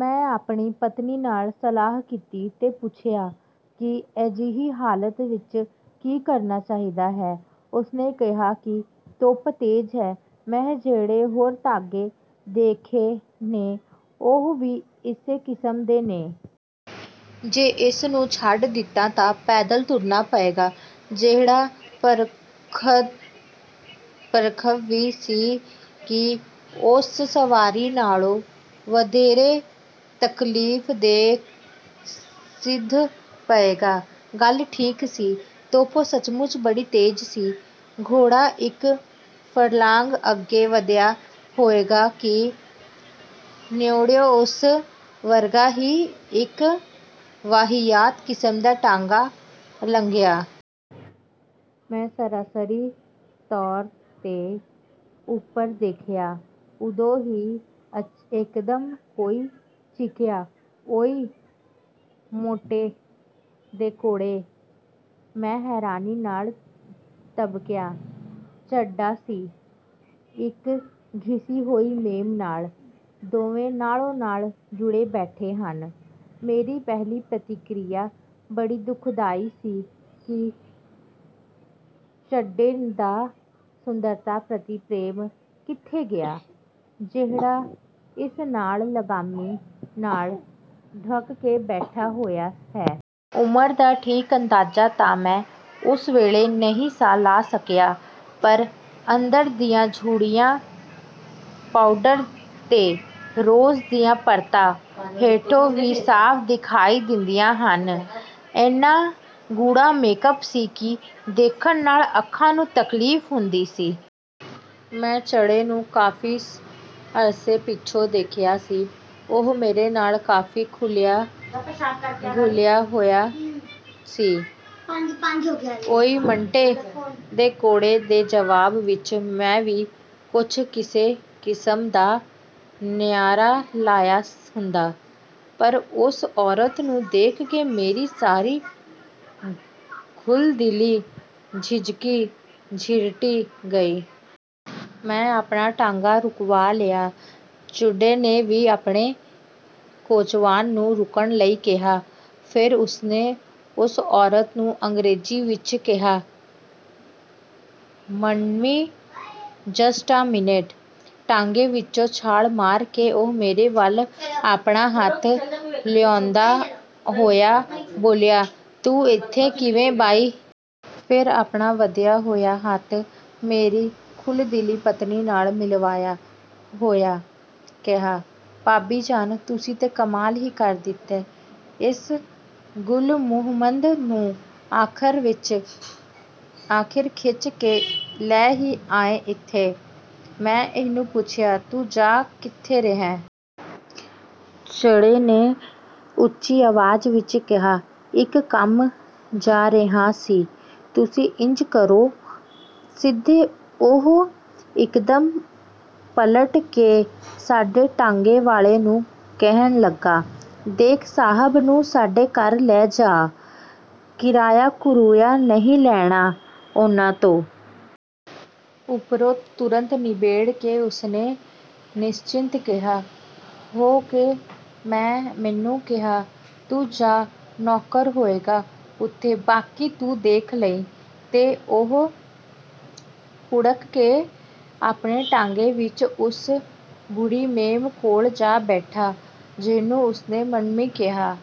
ਮੈਂ ਆਪਣੀ ਪਤਨੀ ਨਾਲ ਸਲਾਹ ਕੀਤੀ ਤੇ ਪੁੱਛਿਆ ਕਿ ਅਜਿਹੀ ਹਾਲਤ ਵਿਚ ਕੀ ਕਰਨਾ ਚਾਹੀਦਾ ਹੈ। ਉਸਨੇ ਕਿਹਾ ਕਿ 'ਧੁੱਪ ਤੇਜ਼ ਹੈ। ਮੈਂ ਜਿਹੜੇ ਹੋਰ ਤਾਂਗੇ ਦੇਖੇ ਨੇ ਉਹ ਵੀ ਇਸੇ ਕਿਸਮ ਦੇ ਨੇ। ਜੇ ਇਸ ਨੂੰ ਛੱਡ ਦਿੱਤਾ ਤਾਂ ਪੈਦਲ ਤੁਰਨਾ ਪਏਗਾ, ਜਿਹੜਾ ਪਰਤੱਖ ਹੀ ਸੀ ਕਿ ਇਸ ਸਵਾਰੀ ਨਾਲੋਂ ਵਧੇਰੇ ਤਕਲੀਫ ਦੇਅ ਸਿੱਧ ਹੋਏਗਾ। ' ਗੱਲ ਠੀਕ ਸੀ। ਧੁੱਪ ਸੱਚਮੁੱਚ ਬੜੀ ਤੇਜ਼ ਸੀ। ਘੋੜਾ ਇਕ ਫਰਲਾਂਗ ਅੱਗੇ ਵਧਿਆ ਹੋਏਗਾ ਕਿ ਨੇੜਿਓਂ ਉਸ ਵਰਗਾ ਹੀ ਇਕ ਵਾਹਿਯਾਤ ਕਿਸਮ ਦਾ ਟਾਂਗਾ ਲੰਘਿਆ। ਮੈਂ ਸਰਸਰੀ ਤੌਰ 'ਤੇ ਉਧਰ ਦੇਖਿਆ। ਉਦੋਂ ਹੀ ਯਕਦਮ ਕੋਈ ਚੀਕਿਆ, "ਓਇ, ਮੰਟੋ ਦੇ ਘੋੜੇ! " ਮੈਂ ਹੈਰਾਨੀ ਨਾਲ ਤ੍ਰਬਕਿਆ। ਚੱਡਾ ਸੀ, ਇਕ ਘਿਸੀ ਹੋਈ ਮੇਮ ਨਾਲ। ਦੋਵੇਂ ਨਾਲੋ-ਨਾਲ ਜੁੜੇ ਬੈਠੇ ਸਨ। ਮੇਰੀ ਪਹਿਲੀ ਪ੍ਰਤੀਕ੍ਰਿਆ ਬੜੀ ਦੁਖਦਾਈ ਸੀ ਕਿ ਚੱਡੇ ਦਾ ਸੁੰਦਰਤਾ ਪ੍ਰਤੀ ਪ੍ਰੇਮ ਕਿੱਥੇ ਗਿਆ, ਜਿਹੜਾ ਇਸ ਲਾਲ-ਲਗਾਮੀਂ ਨਾਲ ਢੁੱਕ ਕੇ ਬੈਠਾ ਹੋਇਆ ਹੈ। ਉਮਰ ਦਾ ਠੀਕ ਅੰਦਾਜ਼ਾ ਤਾਂ ਮੈਂ ਉਸ ਵੇਲੇ ਨਹੀਂ ਸਾਂ ਲਾ ਸਕਿਆ, ਪਰ ਔਰਤ ਦੀਆਂ ਝੁਰੜੀਆਂ, ਪਾਊਡਰ ਤੇ ਰੂਜ਼ ਦੀਆਂ ਪਰਤਾਂ ਹੇਠੋਂ ਵੀ ਸਾਫ ਦਿਖਾਈ ਦਿੰਦੀਆਂ ਸਨ। ਏਨਾ ਗੂੜ੍ਹਾ ਮੇਕਅੱਪ ਸੀ ਕਿ ਦੇਖਣ ਨਾਲ ਅੱਖਾਂ ਨੂੰ ਤਕਲੀਫ ਹੁੰਦੀ ਸੀ। ਮੈਂ ਚੱਡੇ ਨੂੰ ਕਾਫੀ ਅਰਸੇ ਪਿੱਛੋਂ ਦੇਖਿਆ ਸੀ। ਉਹ ਮੇਰੇ ਨਾਲ ਕਾਫੀ ਖੁੱਲਿਆ ਹੋਇਆ ਸੀ। 'ਓਇ, ਮੰਟੋ ਦੇ ਘੋੜੇ' ਦੇ ਜਵਾਬ ਵਿਚ ਮੈਂ ਵੀ ਕੁਝ ਇਸੇ ਕਿਸਮ ਦਾ ਨਾਅਰਾ ਲਾਇਆ ਹੁੰਦਾ, ਪਰ ਉਸ ਔਰਤ ਨੂੰ ਦੇਖ ਕੇ ਮੇਰੀ ਸਾਰੀ ਖੁੱਲ੍ਹ-ਦਿਲੀ ਝਿਰਖੀ-ਝਰੀਟੀ ਗਈ। ਮੈਂ ਆਪਣਾ ਤਾਂਗਾ ਰੁਕਵਾ ਲਿਆ। ਚੱਡੇ ਨੇ ਵੀ ਆਪਣੇ ਕੋਚਵਾਨ ਨੂੰ ਰੁਕਣ ਲਈ ਕਿਹਾ। ਫੇਰ ਉਸਨੇ ਉਸ ਔਰਤ ਨੂੰ ਅੰਗਰੇਜ਼ੀ ਵਿਚ ਕਿਹਾ, "ਮੰਮੀ, ਜਸਟ ਏ ਮਿੰਟ। " ਤਾਂਗੇ ਵਿਚੋਂ ਛਾਲ ਮਾਰ ਕੇ ਉਹ ਮੇਰੇ ਵੱਲ ਆਪਣਾ ਹੱਥ ਲਹਿਰਾਉਂਦਾ ਹੋਇਆ ਬੋਲਿਆ, "ਤੂੰ ਏਥੇ ਕਿਵੇਂ ਬਈ? " ਫੇਰ ਆਪਣਾ ਵਧਿਆ ਹੋਇਆ ਹੱਥ ਮੇਰੀ ਖੁੱਲ੍ਹ-ਦਿਲੀ ਪਤਨੀ ਨਾਲ ਮਿਲਾਉਂਦਿਆਂ ਹੋਇਆਂ ਕਿਹਾ, "ਭਾਬੀ ਜਾਨ, ਤੁਸੀਂ ਤੇ ਕਮਾਲ ਈ ਕਰ ਦਿੱਤੈ! ਇਸ ਗੁਲਮੁਹੰਮਦ ਨੂੰ ਆਖ਼ਰ ਖਿੱਚ ਕੇ ਲੈ ਹੀ ਆਏ ਇੱਥੇ! " ਮੈਂ ਉਸਨੂੰ ਪੁੱਛਿਆ, "ਤੂੰ ਜਾ ਕਿੱਥੇ ਰਿਹੈਂ? " ਚੱਡੇ ਨੇ ਉੱਚੀ ਆਵਾਜ਼ ਵਿਚ ਕਿਹਾ, "ਇਕ ਕੰਮ ਜਾ ਰਿਹਾਂ ਤੁਸੀਂ ਇੰਜ ਕਰੋ, ਸਿੱਧੇ " ਉਹ ਇਕਦਮ ਪਲਟ ਕੇ ਸਾਡੇ ਤਾਂਗੇ ਵਾਲੇ ਨੂੰ ਕਹਿਣ ਲੱਗਾ, "ਦੇਖ, ਸਾਹਬ ਨੂੰ ਸਾਡੇ ਘਰ ਲੈ ਜਾਅ ਕਿਰਾਇਆ ਕਰੂਆ ਨਹੀਂ ਲੈਣਾ ਇਹਨਾਂ ਤੋਂ। " ਓਧਰੋਂ ਤੁਰੰਤ ਨਿੱਬੜ ਕੇ ਉਸਨੇ ਨਿਸ਼ਚਿੰਤ ਜਿਹਾ ਹੋ ਕੇ ਮੈਨੂੰ ਕਿਹਾ, "ਤੂੰ ਜਾਹ, ਨੌਕਰ ਹੋਏਗਾ ਉੱਥੇ, ਬਾਕੀ ਤੂੰ ਦੇਖ ਲਵੀਂ। " ਤੇ ਉਹ ਭੁੜਕ ਕੇ ਆਪਣੇ ਤਾਂਗੇ ਵਿਚ ਉਸ ਬੁੱਢੀ ਮੇਮ ਕੋਲ ਜਾ ਬੈਠਾ, ਜਿਸਨੂੰ ਉਸਨੇ ਮੰਮੀ ਕਿਹਾ